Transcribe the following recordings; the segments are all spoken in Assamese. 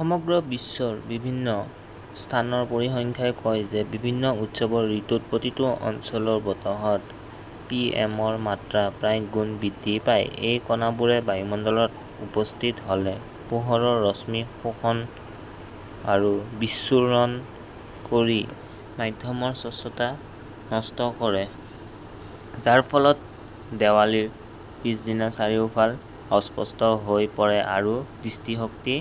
সমগ্ৰ বিশ্বৰ বিভিন্ন স্থানৰ পৰিসংখ্যাই কয় যে বিভিন্ন উৎসৱৰ ঋতুত প্ৰতিটো অঞ্চলৰ বতাহত পিএমৰ মাত্ৰা প্ৰায় গুণ বৃদ্ধি পায়। এই কণাবোৰে বায়ুমণ্ডলত উপস্থিত হ'লে পোহৰৰ ৰশ্মি শোষণ আৰু বিচ্ছুৰ ণ কৰি মাধ্যমৰ স্বচ্ছতা নষ্ট কৰে, যাৰ ফলত দেৱালীৰ পিছদিনা চাৰিওফাল অস্পষ্ট হৈ পৰে আৰু দৃষ্টিশক্তি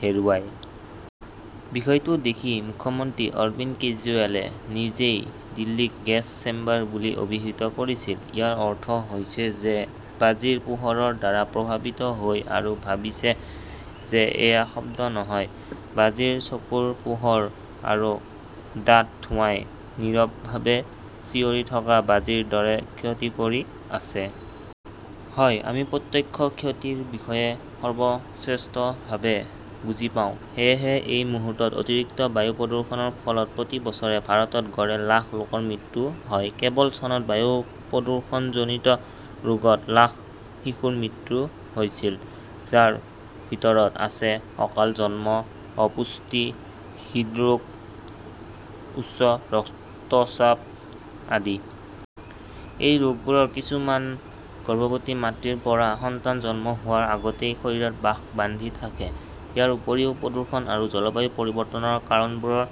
হেৰুৱায়। বিষয়টো দেখি মুখ্যমন্ত্ৰী অৰবিন্দ কেজৰিৱালে নিজেই দিল্লীক গেছ-চেম্বাৰ বুলি অভিহিত কৰিছিল। ইয়াৰ অৰ্থ হৈছে যে বাজিৰ পোহৰৰ দ্বাৰা প্ৰভাৱিত হৈ আৰু ভাবিছে যে এয়া শব্দ নহয়, বাজিৰ চকুৰ পোহৰ আৰু ডাঠ ধোঁৱাই নীৰৱভাৱে চিঞৰি থকা বাজিৰ দৰে ক্ষতি কৰি আছে। হয়, আমি প্ৰত্যক্ষ ক্ষতিৰ বিষয়ে সৰ্বশ্ৰেষ্ঠভাৱে বুজি পাওঁ, সেয়েহে এই মুহূৰ্তত অতিৰিক্ত বায়ু প্ৰদূষণৰ ফলত প্ৰতি বছৰে ভাৰতত গড়ে লাখ লোকৰ মৃত্যু হয়। কেৱল চনত বায়ু প্ৰদূষণজনিত ৰোগত লাখ শিশুৰ মৃত্যু হৈছিল, যাৰ ভিতৰত আছে অকাল জন্ম, অপুষ্টি, হৃদৰোগ, উচ্চ ৰক্তচাপ আদি। এই ৰোগবোৰৰ কিছুমান গৰ্ভৱতী মাতৃৰ পৰা সন্তান জন্ম হোৱাৰ আগতেই শৰীৰত বাস বান্ধি থাকে। ইয়াৰ উপৰিও, প্ৰদূষণ আৰু জলবায়ু পৰিৱৰ্তনৰ কাৰণবোৰৰ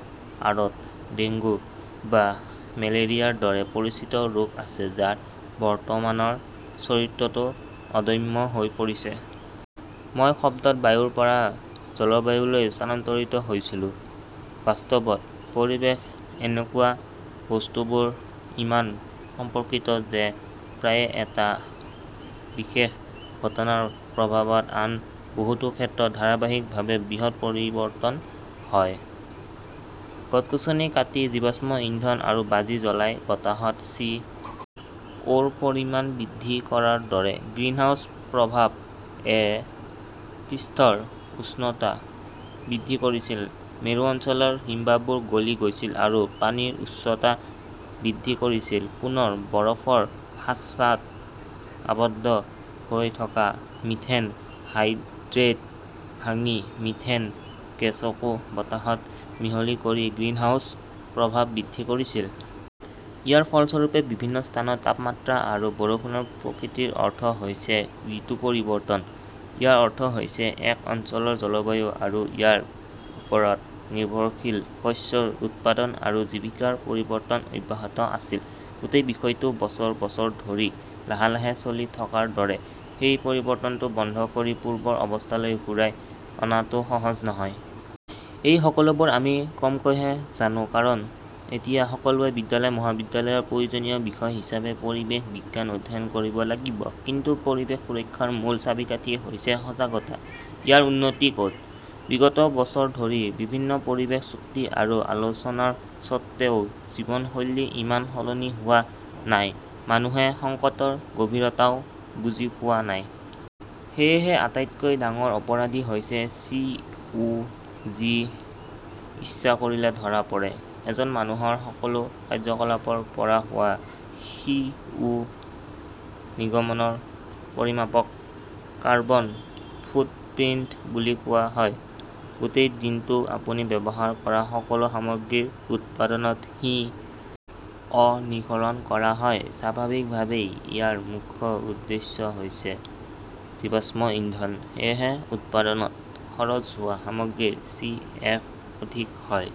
আঁৰত ডেংগু বা মেলেৰিয়াৰ দৰে পৰিচিত ৰোগ আছে যাৰ বৰ্তমানৰ চৰিত্ৰটো অদম্য হৈ পৰিছে। মই শব্দত বায়ুৰ পৰা জলবায়ুলৈ স্থানান্তৰিত হৈছিলো। বাস্তৱত পৰিৱেশ এনেকুৱা। বস্তুবোৰ ইমান সম্পৰ্কিত যে প্ৰায়ে এটা বিশেষ ঘটনাৰ প্ৰভাৱত আন বহুতো ক্ষেত্ৰত ধাৰাবাহিকভাৱে বৃহৎ পৰিৱৰ্তন হয়। গছ-গছনি কাটি, জীৱাশ্ম-ইন্ধন আৰু বাজি জ্বলাই বতাহত চি. ও.ৰ পৰিমাণ বৃদ্ধি কৰাৰ দৰে, 'গ্ৰীণহাউছ প্ৰভাৱ '-এ পৃষ্ঠৰ উষ্ণতা বৃদ্ধি কৰিছিল, মেৰু অঞ্চলৰ হিমবাহবোৰ গলি গৈছিল আৰু পানীৰ উচ্চতা বৃদ্ধি কৰিছিল, পুনৰ বৰফৰ খাঁচাত আবদ্ধ হৈ থকা মিথেন হাইড্ৰেট ভাঙি মিথেন গেছকো বতাহত মিহলি কৰি' গ্ৰীণহাউছ প্ৰভাৱ 'বৃদ্ধি কৰিছিল। ইয়াৰ ফলস্বৰূপে বিভিন্ন স্থানত তাপমাত্ৰা আৰু বৰষুণৰ প্ৰকৃতিৰ অৰ্থ হৈছে ঋতু-পৰিৱৰ্তন। ইয়াৰ অৰ্থ হৈছে এক অঞ্চলৰ জলবায়ু আৰু ইয়াৰ ওপৰত নিৰ্ভৰশীল শস্যৰ উৎপাদন আৰু জীৱিকাৰ পৰিৱৰ্তন অব্যাহত আছিল। গোটেই বিষয়টো বছৰ বছৰ ধৰি লাহে লাহে চলি থকাৰ দৰে, সেই পৰিৱৰ্তনটো বন্ধ কৰি পূৰ্বৰ অৱস্থালৈ ঘূৰাই অনাটো সহজ নহয়। এই সকলোবোৰ আমি কমকৈহে জানো কাৰণ এতিয়া সকলোৱে বিদ্যালয়-মহাবিদ্যালয়ৰ প্ৰয়োজনীয় বিষয় হিচাপে পৰিৱেশ বিজ্ঞান অধ্যয়ন কৰিব লাগিব। কিন্তু পৰিৱেশ সুৰক্ষাৰ মূল চাবিকাঠি হৈছে সজাগতা, ইয়াৰ উন্নতি ক'ত? বিগত বছৰ ধৰি বিভিন্ন পৰিৱেশ চুক্তি আৰু আলোচনাৰ স্বত্বেও, জীৱনশৈলী ইমান সলনি হোৱা নাই, মানুহে সংকটৰ গভীৰতাও বুজি পোৱা নাই। সেয়েহে আটাইতকৈ ডাঙৰ অপৰাধী হৈছে চি. ও. যি ইচ্ছা কৰিলে ধৰা পৰে। এজন মানুহৰ সকলো কাৰ্যকলাপৰ পৰা হোৱা সি. ও. নিৰ্গমনৰ পৰিমাপক 'কাৰ্বন ফুটপ্ৰিন্ট' বুলি কোৱা হয়। গোটেই দিনটো আপুনি ব্যৱহাৰ কৰা সকলো সামগ্ৰীৰ উৎপাদনত সি. অ 'নিঃসৰণ কৰা হয়। স্বাভাৱিকভাৱেই ইয়াৰ মুখ্য উৎস হৈছে জীৱাশ্ম ইন্ধন। সেয়েহে উৎপাদনত খৰচ হোৱা সামগ্ৰীৰ চি. এফ. অধিক হয়।